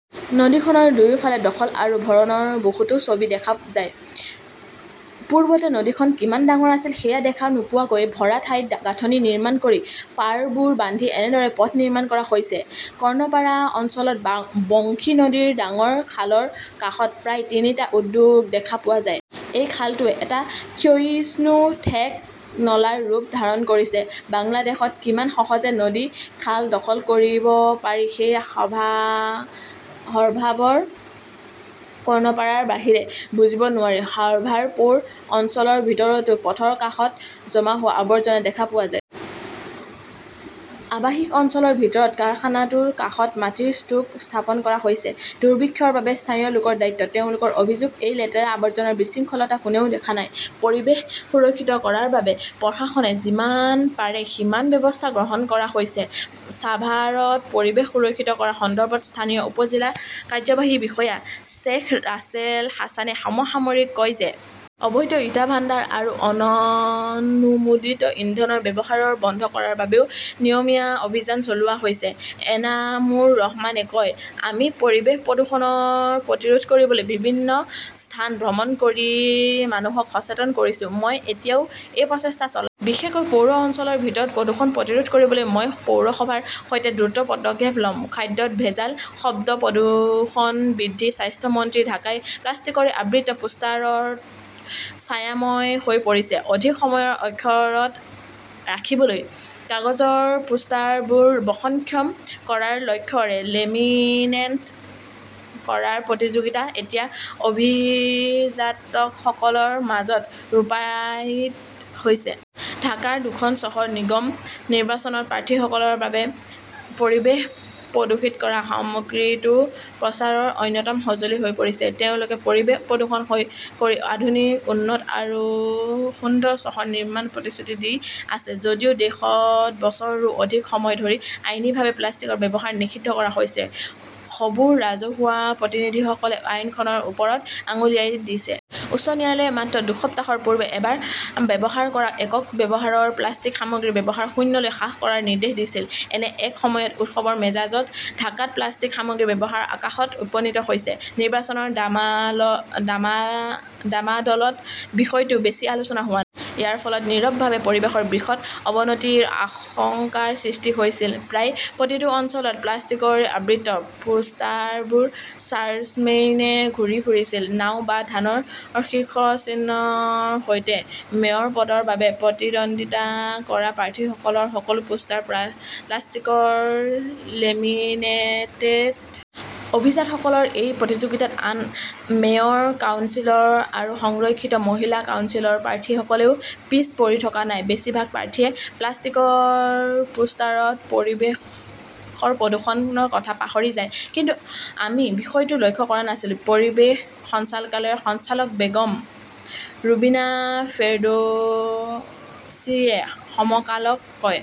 নদীখনৰ দুয়োফালে দখল আৰু ভৰণৰ বহুতো ছবি দেখা যায়। পূৰ্বতে নদীখন কিমান ডাঙৰ আছিল সেয়া দেখা নোপোৱাকৈ, ভৰা ঠাইত গাঁথনি নিৰ্মাণ কৰি, পাৰবোৰ বান্ধি এনেদৰে পথ নিৰ্মাণ কৰা হৈছে। কৰ্ণপাৰা অঞ্চলত বংশী নদীৰ ডাঙৰ খালৰ কাষত প্ৰায় তিনিটা উদ্যোগ দেখা পোৱা যায়। এই খালটোৱে এটা ক্ষয়িষ্ণু ঠেক নলাৰ ৰূপ ধাৰণ কৰিছে। বাংলাদেশত কিমান সহজে নদী-খাল দখল কৰিব পাৰি সেয়া সাভাৰৰ কৰ্ণপাৰাৰ বাহিৰে বুজিব নোৱাৰি। সাভাৰ পৌৰ অঞ্চলৰ ভিতৰতো পথৰ কাষত জমা হোৱা আৱৰ্জনা দেখা পোৱা যায়। আৱাসিক অঞ্চলৰ ভিতৰত কাৰখানাটোৰ কাষত মাটিৰ স্তূপ স্থাপন কৰা হৈছে। দুৰ্ভিক্ষৰ বাবে স্থানীয় লোকৰ দায়িত্ব। তেওঁলোকৰ অভিযোগ-এই লেতেৰা-আৱৰ্জনাৰ বিশৃংখলতা কোনেও দেখা নাই। পৰিৱেশ সুৰক্ষিত কৰাৰ বাবে প্ৰশাসনে যিমান পাৰে সিমান ব্যৱস্থা গ্ৰহণ কৰা হৈছে, ছাভাৰত পৰিৱেশ সুৰক্ষিত কৰাৰ সন্দৰ্ভত স্থানীয় উপ-জিলা কাৰ্যবাহী বিষয়া শ্বেখ ৰাছেল হাছানে সমসাময়িকক কয় যে অবৈধ ইটা ভাণ্ডাৰ আৰু অননুমোদিত ইন্ধনৰ ব্যৱহাৰ বন্ধ কৰাৰ বাবেও নিয়মীয়া অভিযান চলোৱা হৈছে। এনামুৰ ৰহমানে কয়, আমি পৰিৱেশ প্ৰদূষণ প্ৰতিৰোধ কৰিবলৈ বিভিন্ন স্থান ভ্ৰমণ কৰি মানুহক সচেতন কৰিছো। মই এতিয়াও সেই প্ৰচেষ্টা চলাই আছো। বিশেষকৈ পৌৰ অঞ্চলৰ ভিতৰত প্ৰদূষণ প্ৰতিৰোধ কৰিবলৈ মই পৌৰসভাৰ সৈতে দ্ৰুত পদক্ষেপ ল’ম। খাদ্যত ভেজাল, শব্দ প্ৰদূষণ বৃদ্ধিঃ স্বাস্থ্য মন্ত্ৰী ঢাকাই প্লাষ্টিকৰে আবৃত পোষ্টাৰত ছায়াময় হৈ পৰিছে। অধিক সময় অক্ষত ৰাখিবলৈ কাগজৰ পোষ্টাৰবোৰ বহনক্ষম কৰাৰ লক্ষ্যৰে লেমিনেট কৰাৰ প্ৰতিযোগিতা এতিয়া অভিজাতসকলৰ মাজত ৰূপায়িত হৈছে। ঢাকাৰ দুখন চহৰ নিগম নিৰ্বাচনত প্ৰাৰ্থীসকলৰ বাবে পৰিৱেশ প্ৰদূষিত কৰা সামগ্ৰীটো প্ৰচাৰৰ অন্যতম সঁজুলি হৈ পৰিছে। তেওঁলোকে পৰিৱেশ প্ৰদূষণ কৰি আধুনিক, উন্নত আৰু সুন্দৰ চহৰ নিৰ্মাণৰ প্ৰতিশ্ৰুতি দি আছে। যদিও দেশত বছৰৰো অধিক সময় ধৰি আইনীভাৱে প্লাষ্টিকৰ ব্যৱহাৰ নিষিদ্ধ কৰা হৈছে, হবু ৰাজহুৱা প্ৰতিনিধিসকলে আইনখনৰ ওপৰত আঙুলিয়াই দিছে। উচ্চ ন্যায়ালয়ে মাত্ৰ দুসপ্তাহ পূৰ্বে এবাৰ ব্যৱহাৰ কৰা একক ব্যৱহাৰৰ প্লাষ্টিক সামগ্ৰীৰ ব্যৱহাৰ শূন্যলৈ হ্ৰাস কৰাৰ নিৰ্দেশ দিছিল। এনে এটা সময়ত, উৎসৱৰ মেজাজত ঢাকাত প্লাষ্টিক সামগ্ৰীৰ ব্যৱহাৰ আকাশত উপনীত হৈছে। নিৰ্বাচনৰ ডামাডলত বিষয়টো বেছি আলোচনা হোৱা নাই। ইয়াৰ ফলত নীৰৱভাৱে পৰিৱেশৰ বৃহৎ অৱনতিৰ আশংকাৰ সৃষ্টি হৈছিল। প্ৰায় প্ৰতিটো অঞ্চলত প্লাষ্টিকৰে আবৃত পোষ্টাৰবোৰ চাৰ্জমেইনে ঘূৰি ফুৰিছিল। নাও আৰু ধানৰ শীৰ্ষ চিহ্নৰ সৈতে মেয়ৰ পদৰ বাবে প্ৰতিদ্বন্দ্বিতা কৰা প্ৰাৰ্থীসকলৰ সকলো পোষ্টাৰ প্লাষ্টিকত লেমিনেটেড। অভিজাতসকলৰ এই প্ৰতিযোগিতাত আন মেয়ৰ, কাউন্সিলৰ আৰু সংৰক্ষিত মহিলা কাউন্সিলৰ প্ৰাৰ্থীসকলেও পিছ পৰি থকা নাই। বেছিভাগ প্ৰাৰ্থীয়ে প্লাষ্টিকৰ পোষ্টাৰত পৰিৱেশৰ প্ৰদূষণৰ কথা পাহৰি যায়। কিন্তু আমি বিষয়টো লক্ষ্য কৰা নাছিলো, পৰিৱেশ সঞ্চালকালয়ৰ সঞ্চালক বেগম ৰুবিনা ফেৰদৌছিয়ে সমকালক কয়।